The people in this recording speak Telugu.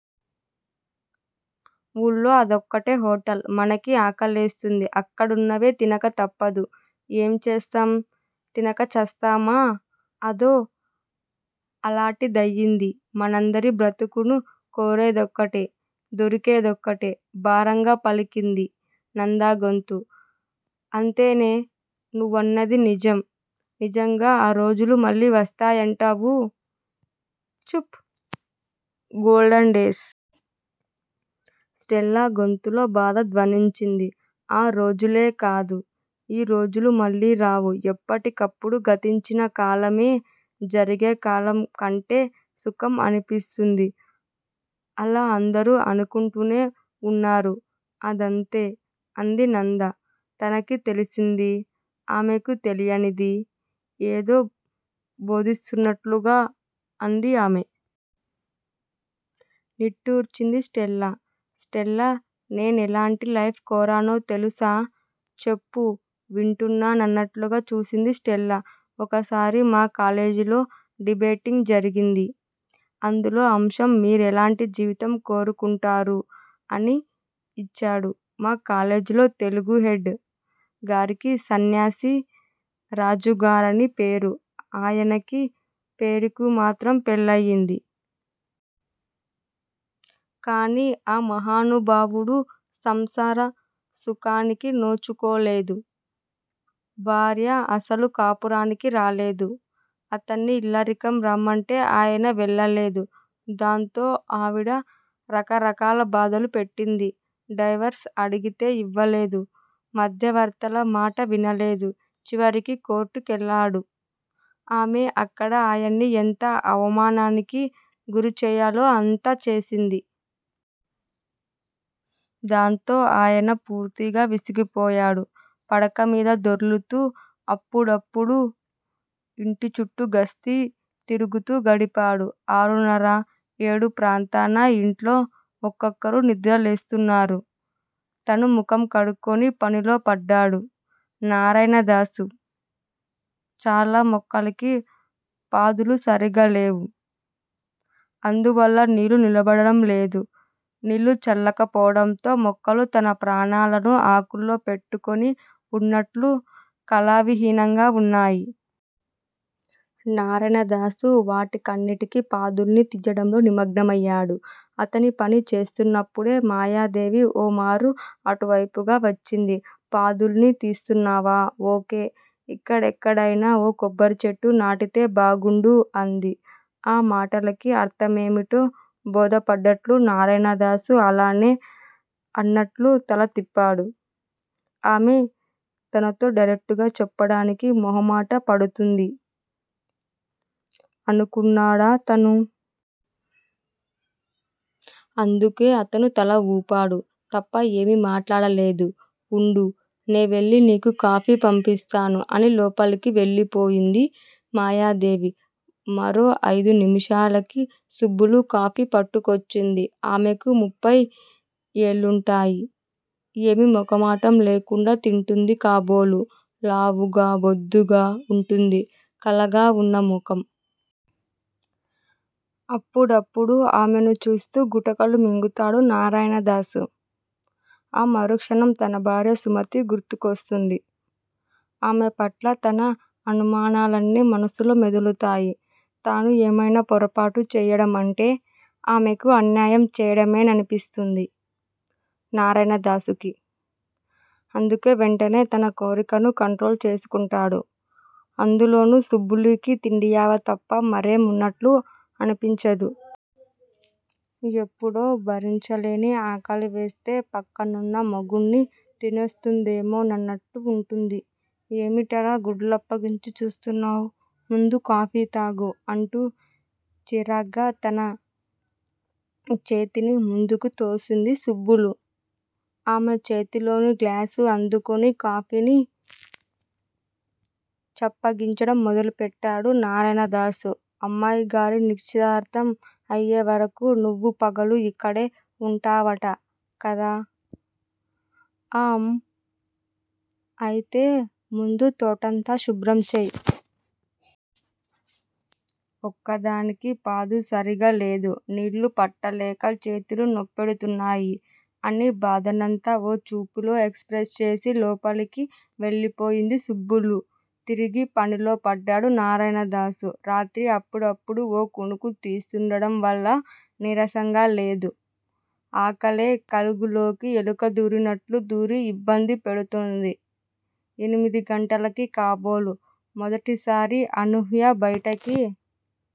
వూర్లో అదొక్కటే హోటల్! మనకి ఆకలేస్తుంది. అక్కడున్నవే తినక తప్పదు. ఏం చేస్తాం? తినక చస్తామా? అదో అలాటిదయింది మనందరి బ్రతుకూను! కోరేదొకటె! దొరికేదొకటె! భారంగా పలికింది నంద గొంతు. అంతేనే! నువ్వన్నది నిజం! నిజంగా ఆ రోజులు మళ్ళీ వస్తాయంటావు? చుప్! Golden days! స్టెల్లా గొంతులో బాధ ధ్వనించింది. ఆ రోజులే కాదు! ఈ రోజులూ మళ్ళీ రావు- ఎప్పటికప్పుడు గతించిన కాలమే జరిగే కాలం కంటే సుఖం అనిపిస్తుంది. అలా అందరూ అనుకుంటూనే వున్నారు అదంతే అంది నంద. తనకి తెలిసింది, ఆమెకి తెలియనిదీ ఏదో బోధిస్తున్నట్లుగా అంది ఆమె. నిట్టూర్చింది స్టెల్లా. స్టెల్లా! నేనెలాంటి లైఫ్ కోరానో తెలుసా? చెప్పు వింటునన్నట్లుగా చూసింది స్టెల్లా. ఒకసారి మాకాలేజీలో డిబేటింగ్ జరిగింది. అందులో అంశం మీరెలాంటి జీవితం కోరుకుంటారు అని యిచ్చాడు మా కాలేజీలో తెలుగు హెడ్ గారికి సన్యాసి రాజుగారని పేరు ఆయనకీ పేరుకి మాత్రం పెళ్ళయింది. కానీ ఆ మహానుభావుడు సంసార సుఖానికి నోచుకోలేదు. భార్య అసలు కాపురానికి రాలేదు. ఇతన్ని ఇల్లరికం రమ్మంటే ఈయన వెళ్ళలేదు దాంతో ఆవిడ రకరకాల బాధలు పెట్టింది. డైవర్స్ అడిగితే ఇవ్వలేదు. మధ్యవర్తుల మాట వినలేదు. చివరికి కోర్టు కెళ్ళాడు. ఆమె అక్కడ ఆయన్ని ఎంత అవమానానికి గురిచెయ్యాలో అంతా చేసింది. దాంతో ఆయన పూర్తిగా విసిగిపోయాడు. పడకమీద దొర్లుతూ, అప్పుడప్పుడూ ఇంటిచుట్టూ గస్తీ తిరుగుతూ గడిపాడు. ఆరున్నర, ఏడు ప్రాంతాన ఇంట్లో ఒక్కొక్కరు నిద్ర లేస్తున్నారు. తనూ ముఖం కడుక్కుని పనిలో పడ్డాడు నారాయణదాసు. చాలా మొక్కలకి పాదులు సరిగ్గాలేవు. అందువల్ల నీళ్ళు నిలబడటం లేదు. నీళ్ళు చాలకపోవడంతో మొక్కలు తమ ప్రాణాలను ఆకుల్లో పెట్టుకొని వున్నట్లు కళావిహీనంగా వున్నాయి. నారాయణదాసు వాటికన్నిటికీ పాదుల్ని తీయడంలో నిమగ్నమయ్యాడు. అతనీ పని చేస్తున్నప్పుడే మాయాదేవి ఓ మారు అటువేపుగా వచ్చింది. పాదుల్ని తీస్తున్నావా? ఓ. కే. ఇక్కడెక్కడైనా ఓ కొబ్బరిచెట్టు నాటితే బాగుండు అంది. ఆ మాటలకి అర్థమేమిటో బోధపడ్డట్లు నారాయణదాసు అలానే అన్నట్లు తల తిప్పాడు. ఆమె తనతో డైరెక్టుగా చెప్పడానికి మొహమాట పడుతుంది అనుకున్నాడతను. అందుకే అతను తల ఊపాడు తప్ప ఏమీ మాట్లాడలేదు. ఉండు! నేవెళ్ళి నీకు కాఫీ పంపిస్తాను అని లోపలికి వెళ్ళిపోయింది మాయాదేవి. మరో అయిదునిముషాలకి సుబ్బులు కాఫీ పట్టుకొచ్చింది. ఆమెకు ముప్పై ఏళ్ళుంటాయి. ఏమీ మొహమాటం లేకుండా తింటుంది కాబోలు లావుగా, బొద్దుగా వుంటుంది. కళగా వున్న ముఖం. అప్పుడప్పుడూ ఆమెను చూస్తూ గుటకలు మింగుతాడు నారాయణదాసు. ఆ మరుక్షణం తన భార్య సుమతి గుర్తుకొస్తుంది. ఆమెపట్ల తన అనుమానాలన్నీ మనసులో మెదులుతాయి. తను ఏమైనా పొరబాటు చేయడమంటే ఆమెకి అన్యాయం చేయడమేననిపిస్తుంది నారాయణదాసుకి. అందుకే వెంటనే తన కోరికను కంట్రోలు చేసుకుంటాడు. అందులోనూ సుబ్బులికి తిండియావ తప్ప మరేం వున్నట్లు కనిపించదు. ఎప్పుడో భరించలేని ఆకలివేస్తే పక్కనున్న మొగుడ్ని తినేస్తుందేమోనన్నట్టు వుంటుంది. ఏమిటలా గుడ్లప్పగించి చూస్తున్నావ్ ముందు కాఫీతాగు అంటూ చిరాగ్గా తన చేతిని ముందుకు తోసింది సుబ్బులు. ఆమె చేతిలోని గ్లాసు అందుకొని కాఫీని చప్పగించడం మొదలుపెట్టాడు నారాయణదాసు. అమ్మాయిగారి నిశ్చితార్థం అయ్యేవరకు నువ్వూ పగలు ఇక్కడే వుంటావట కదా ఆఁ అయితే ముందు తోటంతా శుభ్రంచెయ్. ఒక్కదానికీ పాదు సరిగ్గా లేదు. నీళ్ళు పట్టలేక చేతులు నొప్పెడుతున్నాయి అని బాధనంతా ఓ చూపులో ఎక్స్ ప్రెస్ చేసి లోపలికి వెళ్ళిపోయింది సుబ్బులు. తిరిగి పనిలో పడ్డాడు నారాయణదాసు. రాత్రి అప్పుడప్పుడూ ఓ కునుకు తీస్తుండడం వల్ల నీరసంగా లేదు. ఆకలే కలుగులోకి ఎలుక దూరినట్టు దూరి ఇబ్బంది పెడుతోంది. ఎనమిది గంటలకి కాబోలు మొదటిసారి అనూహ్య బయటికి